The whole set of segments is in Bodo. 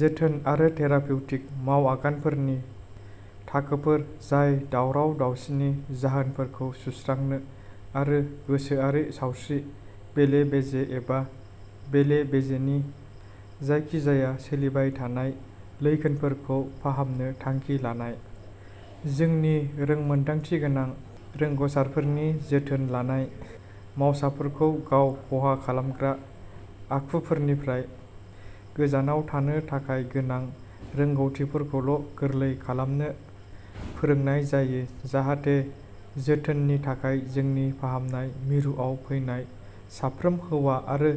जोथोन आरो थेरापिउटिक मावआगानफोरनि थाखोफोर जाय दावराव दावसिनि जाहोनफोरखौ सुस्रांनो आरो गोसोआरि सावस्रि बेले बेजे एबा बेले-बेजेनि जायखिजाया सोलिबाय थानाय लैखोनफोरखौ फाहामनो थांखि लानाय। जोंनि रोंमोन्दांथिगोनां रोंग'सारफोरनि जोथोन लानाय मावसाफोरखौ गाव खहा खालामग्रा आखुफोरनिफ्राय गोजानाव थानो थाखाय गोनां रोंग'थिफोरखौ गोरलै खालामनो फोरोंनाय जायो जाहाथे जोथोननि थाखाय जोंनि फाहामनाय मिरुआव फैनाय साफ्रोम हौवा आरो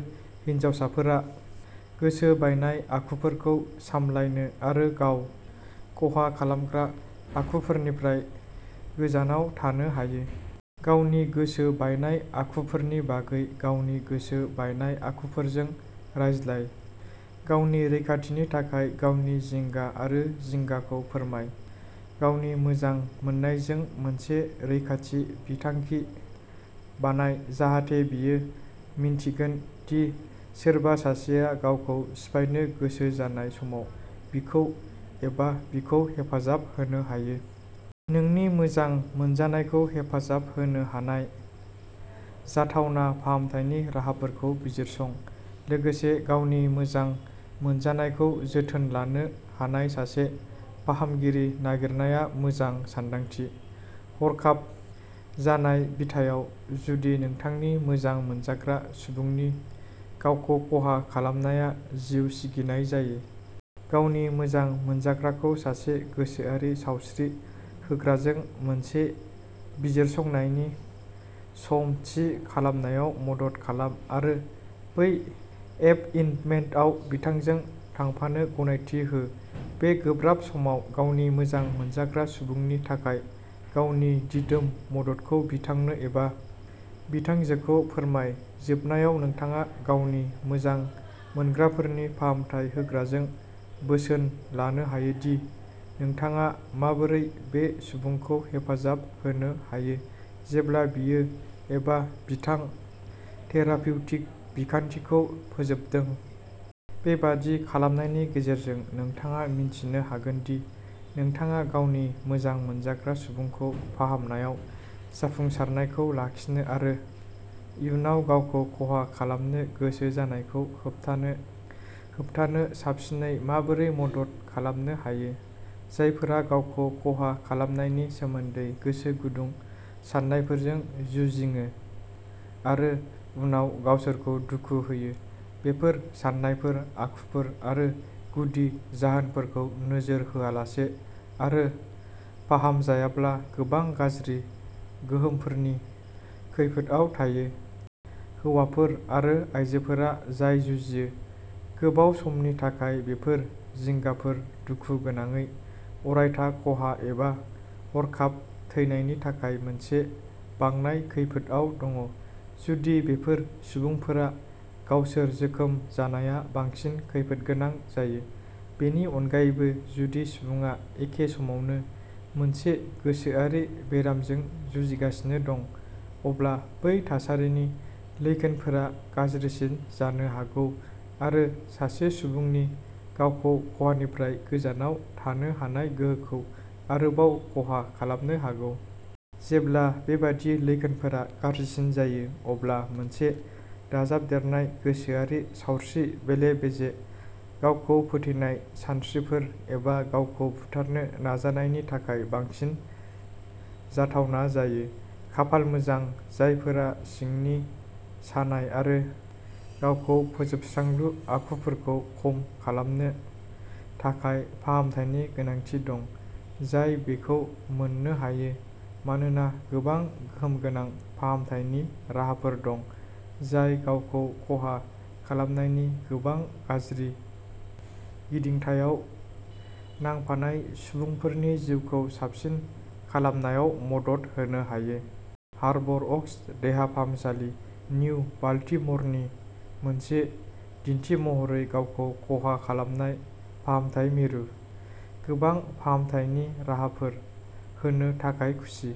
हिनजावफोरा गोसो बायनाय आखुफोरखौ सामलायनो आरो गाव खहा खालामग्रा आखुफोरनिफ्राय गोजानाव थानो हायो। गावनि गोसो बायनाय आखुफोरनि बागै गावनि गोसो बायनाय आखुफोरजों रायज्लाय, गावनि रैखाथिनि थाखाय गावनि जिंगा आरो जिंगाखौ फोरमाय। गावनि मोजां मोनजानायजों मोनसे रैखाथि बिथांखि बानाय जाहाथे बियो मिन्थिगोन दि सोरबा सासेया गावखौ सिफायनो गोसो जानाय समाव बिखौ एबा बिखौ हेफाजाब होनो हायो। नोंनि मोजां मोनजानायखौ हेफाजाब होनो हानाय जाथावना फाहामथायनि राहाफोरखौ बिजिरसं। लोगोसे, गावनि मोजां मोनजानायखौ जोथोन लानो हानाय सासे फाहामगिरि नागिरनाया मोजां सानदांथि। हरखाब जानाय बिथायाव, जुदि नोंथांनि मोजां मोनजाग्रा सुबुंनि गावखौ खहा खालामनाया जिउ सिगिनाय जायो। गावनि मोजां मोनजाग्राखौ सासे गोसोआरि सावस्रि होग्राजों मोनसे बिजिरसंनायनि सम थि खालामनायाव मदद खालाम आरो बै एपइन्टमेन्टआव बिथांजों थांफानो गनायथि हो बे गोब्राब समाव गावनि मोजां मोनजाग्रा सुबुंनि थाखाय गावनि दिदोम मददखौ बिथांनो एबा बिथांजोखौ फोरमाय जोबनायाव नोंथाङा गावनि मोजां मोनग्राफोरनि फाहामथाय होग्राजों बोसोन लानो हायो दि नोंथाङा माबोरै बै सुबुंखौ हेफाजाब होनो हायो जेब्ला बियो एबा बिथां थेरापिउटिक बिखान्थिखौ फोजोबदों। बेबादि खालामनायनि गेजेरजों, नोंथाङा मिन्थिनो हागोन दि नोंथाङा गावनि मोजां मोनजाग्रा सुबुंखौ फाहामनायाव जाफुंसारनायखौ लाखिनो आरो इयुनाव गावखौ खहा खालामनो गोसो जानायखौ होबथानो होबथानो साबसिनै माबोरै मदद खालामनो हायो। जायफोरा गावखौ खहा खालामनायनि सोमोनदै गोसो गुदुं साननायफोरजों जुजिङो आरो उनाव गावसोरखौ दुखु होयो, बेफोर साननायफोर, आखुफोर आरो गुदि जाहोनफोरखौ नोजोर होआलासै आरो फाहामजायाब्ला गोबां गाज्रि गोहोमफोरनि खैफोदआव थायो। हौवाफोर आरो आइजोफोरा जाय जुजियो। गोबाव समनि थाखाय बेफोर जिंगाफोरा दुखु गोनाङै अरायथा खहा एबा हरखाब थैनायनि थाखाय मोनसे बांनाय खैफोदआव दङ, जुदि बेफोर सुबुंफोरा गावसोर जोखोम जानाया बांसिन खैफोदगोनां जायो। बेनि अनगायैबो, जुदि सुबुङा एखे समावनो मोनसे गोसोआरि बेरामजों जुजिगासिनो दं, अब्ला बै थासारिनि लैखोनफोरा गाज्रिसिन जानो हागौ आरो सासे सुबुंनि गावखौ खहानिफ्राय गोजानाव थानो हानाय गोहोखौ आरोबाव खहा खालामनो हागौ। जेब्ला बेबादि लैखोनफोरा गाज्रिसिन जायो, अब्ला मोनसे दाजाबदेरनाय गोसोआरि सावस्रि बेले बेजे, गावखौ फोथैनाय सानस्रिफोर, एबा गावखौ बुथारनो नाजानायनि थाखाय बांसिन जाथावना जायो। खाफाल मोजां, जायफोरा सिंनि सानाय आरो गावखौ फोजोबस्रांलु आखुफोरखौ खम खालामनो थाखाय फाहामथायनि गोनांथि दं, जाय बेखौ मोननो हायो मानोना गोबां गोहोमगोनां फाहामथायनि राहाफोर दं जाय गावखौ खहा खालामनायनि गोबां गाज्रि गिदिंथायाव नांफानाय सुबुंफोरनि जिउखौ साबसिन खालामनायाव मदद होनो हायो। हार्बर अक्स देहा फाहामसालि, निउ बाल्टिम'रनि मोनसे दिन्थिमहरै गावखौ खहा खालामनाय फाहामथाय मिरु, गोबां फाहामथायनि राहाफोर होनो थाखाय खुसि।